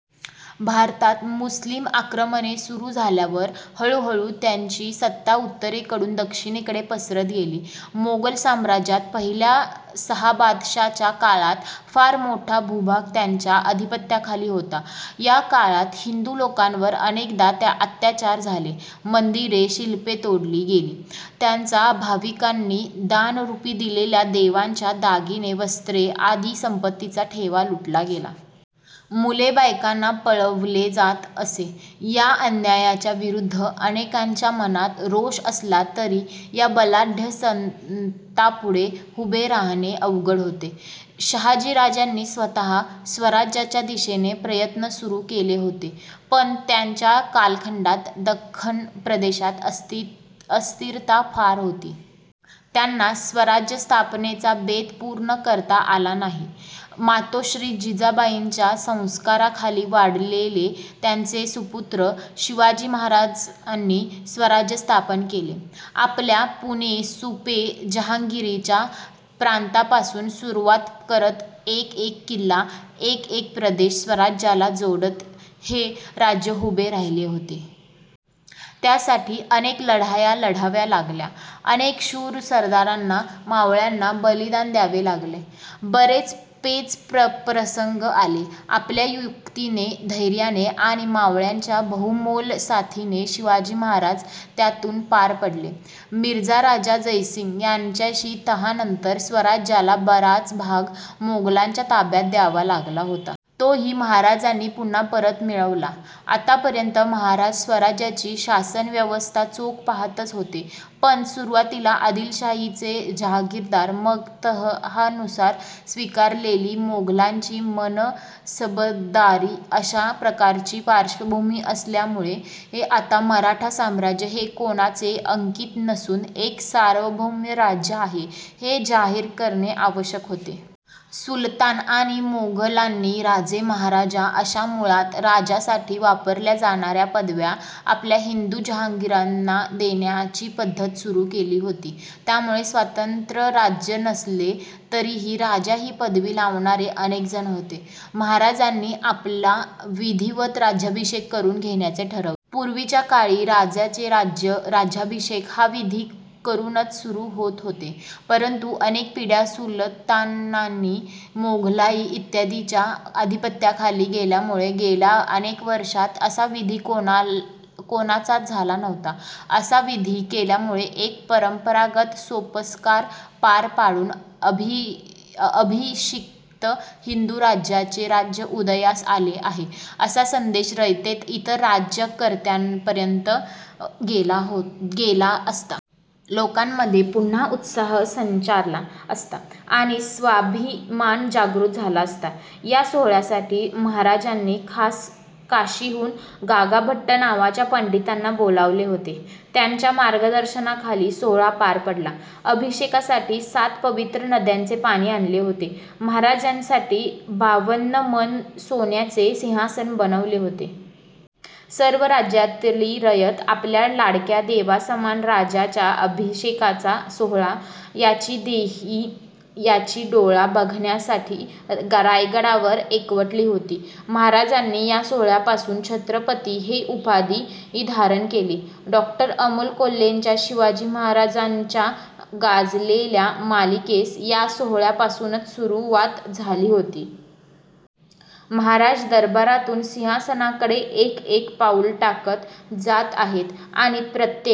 भारतात मुस्लिम आक्रमणे सुरु झाल्यावर हळू हळू त्यांची सत्ता उत्तरेकडून दक्षिणेकडे पसरत गेली. मोगल साम्राज्यात पहिल्या सहा बादशहांच्या काळात फार मोठा भूभाग त्यांच्या अधिपत्याखाली होता. याकाळात हिंदू लोकांवर अनेकदा अत्याचार झाले. मंदिरे, शिल्पे तोडली गेली, त्यांचा भाविकांनी दान रुपी दिलेला, देवांच्या दागिने वस्त्रे आदी संपत्तीचा ठेवा लुटला गेला. मुले, बायकांना पळवले जात असे. या अन्यायाच्या विरुद्ध अनेकांच्या मनात रोष असला तरी या बलाढ्य सत्तांपुढे उभे राहणे अवघड होते. शहाजीराजांनी स्वतः स्वराज्याच्या दिशेने प्रयत्न सुरु केले होते पण त्यांच्या कालखंडात दक्खन प्रदेशात अस्थिरता फार होती. त्यांना स्वराज्यस्थापनेचा बेत पूर्ण करता आला नाही. मातोश्री जिजाबाईंच्या संस्कारांखाली वाढलेले त्यांचे सुपुत्र शिवाजी महाराजांनी स्वराज्य स्थापन केले. आपल्या पुणे सुपे जहागिरीच्या प्रांतापासुन सुरूवात करत एक एक किल्ला, एक एक प्रदेश स्वराज्याला जोडत हे राज्य उभे राहिले होते. त्यासाठी अनेक लढाया लढाव्या लागल्या. अनेक शुर सरदारांना, मावळ्यांना बलिदान द्यावे लागले. बरेच पेचप्रसंग आले. आपल्या युक्तीने, धैर्याने आणि मावळ्यांच्या बहुमोल साथीने शिवाजी महाराज त्यातुन पार पडले. मिर्झा राजा जयसिंग याच्याशी तहानंतर स्वराज्यातला बराच भाग मोगलांच्या ताब्यात द्यावा लागला होता. तोही महाराजांनी पुन्हा परत मिळवला. आतापर्यंत महाराज स्वराज्याची शासनव्यवस्था चोख पाहतच होते. पण सुरुवातीला आदिलशाहीचे जहागीरदार, मग तहानुसार स्वीकारलेली मोगलांची मनसबदारी अशा प्रकारची पार्श्वभूमी असल्यामुळे आता मराठा साम्राज्य हे कोणाचे अंकित नसुन एक सार्वभौम राज्य आहे हे जाहीर करणे आवश्यक होते. सुलतान आणि मोगलांनी राजे, महाराजा अशा मुळात राजासाठी वापरल्या जाणाऱ्या पदव्या आपल्या हिंदू जहागीरदारांना देण्याची पद्धत सुरु केली होती. त्यामुळे स्वतंत्र राज्य नसले तरीही राजा हि पदवी लावणारे अनेकजण होते. महाराजांनी आपला विधिवत राज्याभिषेक करून घेण्याचे ठरवले. पूर्वीच्या काळी राजाचे राज्य राज्याभिषेक हा विधी करूनच सुरु होत असे. परंतु अनेक पिढ्या सुलतानी, मोगलाई इत्यादींच्या अधिपत्याखाली गेल्यामुळे गेल्या अनेक वर्षात असा विधी कोणाचाच झाला नव्हता. असा विधी केल्यामुळे एक परंपरागत सोपस्कार पार पाडुन, अभिषिक्त हिंदू राजाचे राज्य उदयास आले आहे असा संदेश रयतेत इतर राज्यकर्त्यांपर्यंत गेला असता. लोकांमध्ये पुन्हा उत्साह संचारला असता आणि स्वाभिमान जागृत झाला असता. या सोहळ्यासाठी महाराजांनी खास काशीहून गागाभट्ट नावाच्या पंडितांना बोलावले. त्यांच्या मार्गदर्शनाखाली सोहळा पार पडला. अभिषेकासाठी सात पवित्र नद्यांचे पाणी आणले होते. महाराजांसाठी बावन्न मण सोन्याचे सिंहासन बनवले होते. सर्व राज्यातली रयत आपल्या लाडक्या देवासमान राजाच्या अभिषेकाचा सोहळा याची देही याची डोळा बघण्यासाठी रायगडावर एकवटली होती. महाराजांनी या सोहळ्यापासुन छत्रपती हि उपाधी धारण केली. डॉ. अमोल कोल्हेंच्या शिवाजी महाराजांवरच्या गाजलेल्या मालिकेस या सोहळ्यापासुनच सुरुवात झाली होती. महाराज दरबारातुन सिंहासनाकडे एक एक पाऊल टाकत जात आहेत आणि प्रत्येक